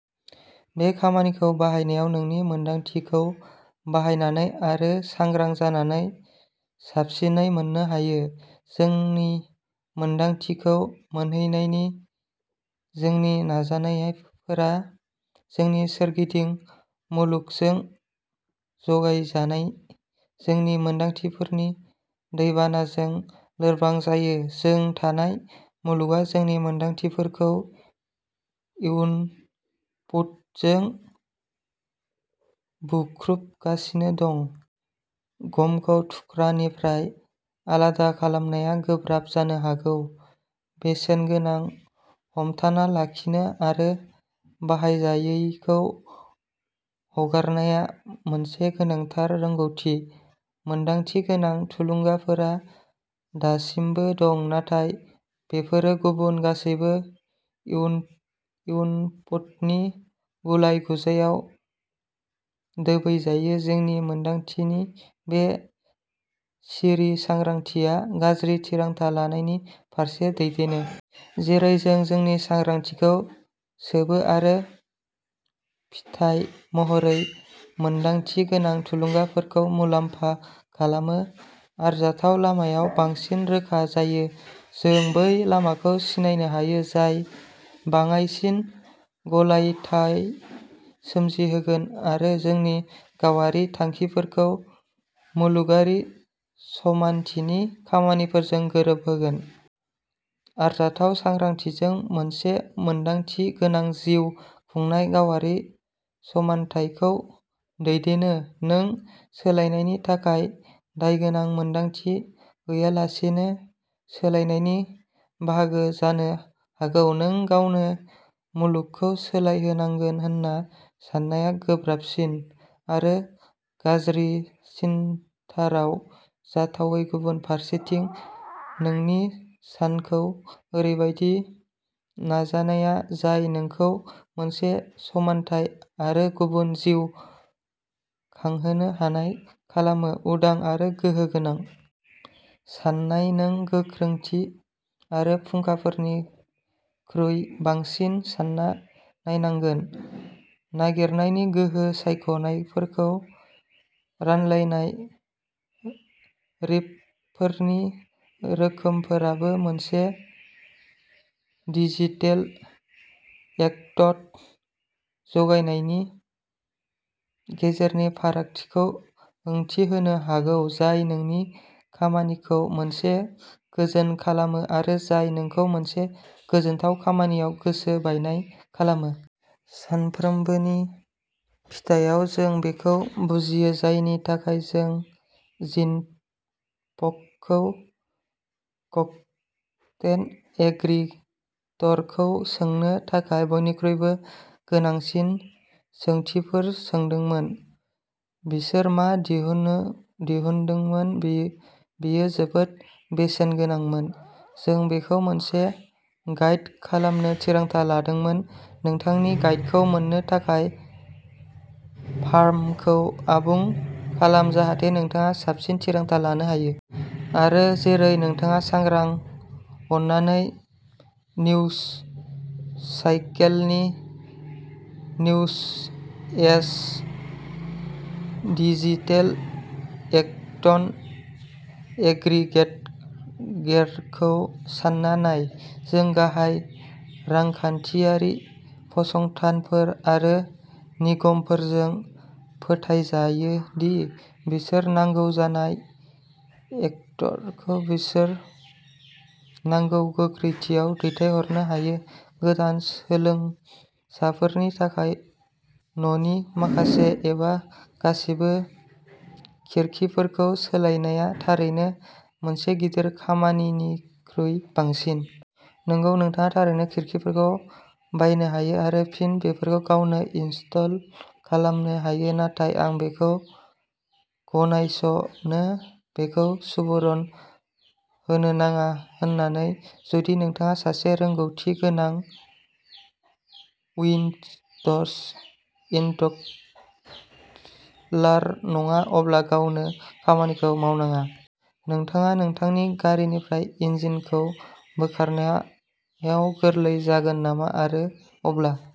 बे खामानिखौ बाहायनायाव नोंनि मोनदांथिखौ बाहायनानै आरो सांग्रां जानानै साबसिनै मोन्नो हायो। जोंनि मोनदांथिखौ मोनहैनायनि जोंनि नाजानायफोरा जोंनि सोरगिदिं मुलुगजों जगायजानाय जोंनि मोनदांथिफोरनि दैबानाजों लोरबां जायो। जों थानाय मुलुगआ जोंनि मोनदांथिफोरखौ इनपुटजों बुख्रुबगासिनो दं। गमखौ थुख्रानिफ्राय आलादा खालामनाया गोब्राब जानो हागौ। बेसेनगोनांखौ हमथाना लाखिनो आरो बाहायजायैखौ हगारनाया मोनसे गोनांथार रोंग'थि। मोनदांथि गोनां थुलुंगाफोरा दासिमबो दं, नाथाय बेफोरो गुबुन गासैबो इनपुटनि गुलाय-गुजायआव दोबैजायो। जोंनि मोनदांथिनि बे सिरि सांग्रांथिया गाज्रि थिरांथा लानायनि फारसे दैदेनो। जेरै जों जोंनि सांग्रांथिखौ सोबो आरो फिथाय महरै मोनदांथि गोनां थुलुंगाफोरखौ मुलाम्फा खालामो, आरजाथाव लामाया बांसिन रोखा जायो। जों बै लामाखौ सिनायनो हायो जाय बाङाइसिन गलायथाय सोमजिहोगोन आरो जोंनि गावारि थांखिफोरखौ मुलुगारि समानथिनि खामानिफोरजों गोरोबहोगोन। आरजाथाव सांग्रांथिजों मोनसे मोनदांथि गोनां जिउ खुंनाया गावारि समान्थायखौ दैदेनो। नों सोलायनायनि थाखाय दायगोनां मोन्दांथि गैयालासेनो सोलायनायनि बाहागो जानो हागौ। नों गावनो मुलुगखौ सोलायनांगोन होन्ना साननाया गोब्राबसिन आरो गाज्रिसिनथाराव जाथावै। गुबुन फारसेथिं, नोंनि सानखौ ओरैबायदि नायनाया जाय नोंखौ मोनसे समानथाय आरो आबुं जिउ खांनो हानाय खालामो, उदां आरो गोहो गोनां। नाथाय नों गोख्रैथि आरो फुंखाफोरनिख्रुइ बांसिन सान्ना नायनांगोन-नागिरनायनि गोहो, सायख'नायफोरखौ रानलायनाय, रिपर्टफोरनि रोखोमफोराबो मोनसे डिजिटेल कन्टेन्ट जगायग्रानि गेजेरनि फारागथिखौ ओंथि होनो हागौ जाय नोंनि खामानिखौ मोनसे गोजोन खालामो आरो जाय नोंखौ मोनसे गोजोनथाव खामानियाव गोसो बायनाय खालामो। सानफ्रोमबोनि बिथायाव। जों बेखौ बुजियो, जायनि थाखाय जों जिनफ'खौ कन्टेन्ट एग्रिगेटरखौ सोंनो थाखाय बयनिख्रुइबो गोनांसिन सोंथिफोर सोंदोंमोन। बिसोर मा दिहुनदोंमोन बेयो जोबोद बेसेनगोनांमोन, जों बेखौ मोनसे गाइड खालामनो थिरांथा लादोंमोन। नोंथांनि गाइडखौ मोन्नो थाखाय फर्मखौ आबुं खालाम जाहाथे नोंथाङा साबसिन थिरांथा लानो हायो।... आरो जेरै नोंथाङा सांग्रां, अन्नानै निउजसाइकेलनि निउजएज डिजिटेल कन्टेन्ट एग्रिगेटरखौ सान्ना नाय। जों गाहाय रांखान्थियारि फसंथानफोर आरो निगमफोरजों फोथायजायो दि बिसोर नांगौ जानाय कन्टेन्टखौ बिसोर नांगौ गोख्रैथियाव दैथायहरनो हायो। गोदान सोलोंसाफोरनि थाखाय, न'नि माखासे एबा गासिबो खिरखिफोरखौ सोलायनाया थारैनो मोनसे गिदिर खामानिनिख्रुइ बांसिन। नंगौ, नोंथाङा थारैनो खिरखिफोरखौ बायनो हायो आरो फिन बेफोरखौ गावनो इनस्टल खालामनो हायो, नाथाय आं बेखौ गनायस'नो, बेखौ सुबुरुन होनो नाङा। अन्नानै, जुदि नोंथाङा सासे रोंग'थि गोनां उइन्ड'इनस्टलार नङा, अब्ला गावनो खामानिखौ मावनाङा। नोंथाङा नोंथांनि गारिनिफ्राय इन्जिनखौ बोखारनायाव गोरलै जागोन नामा आरो अब्ला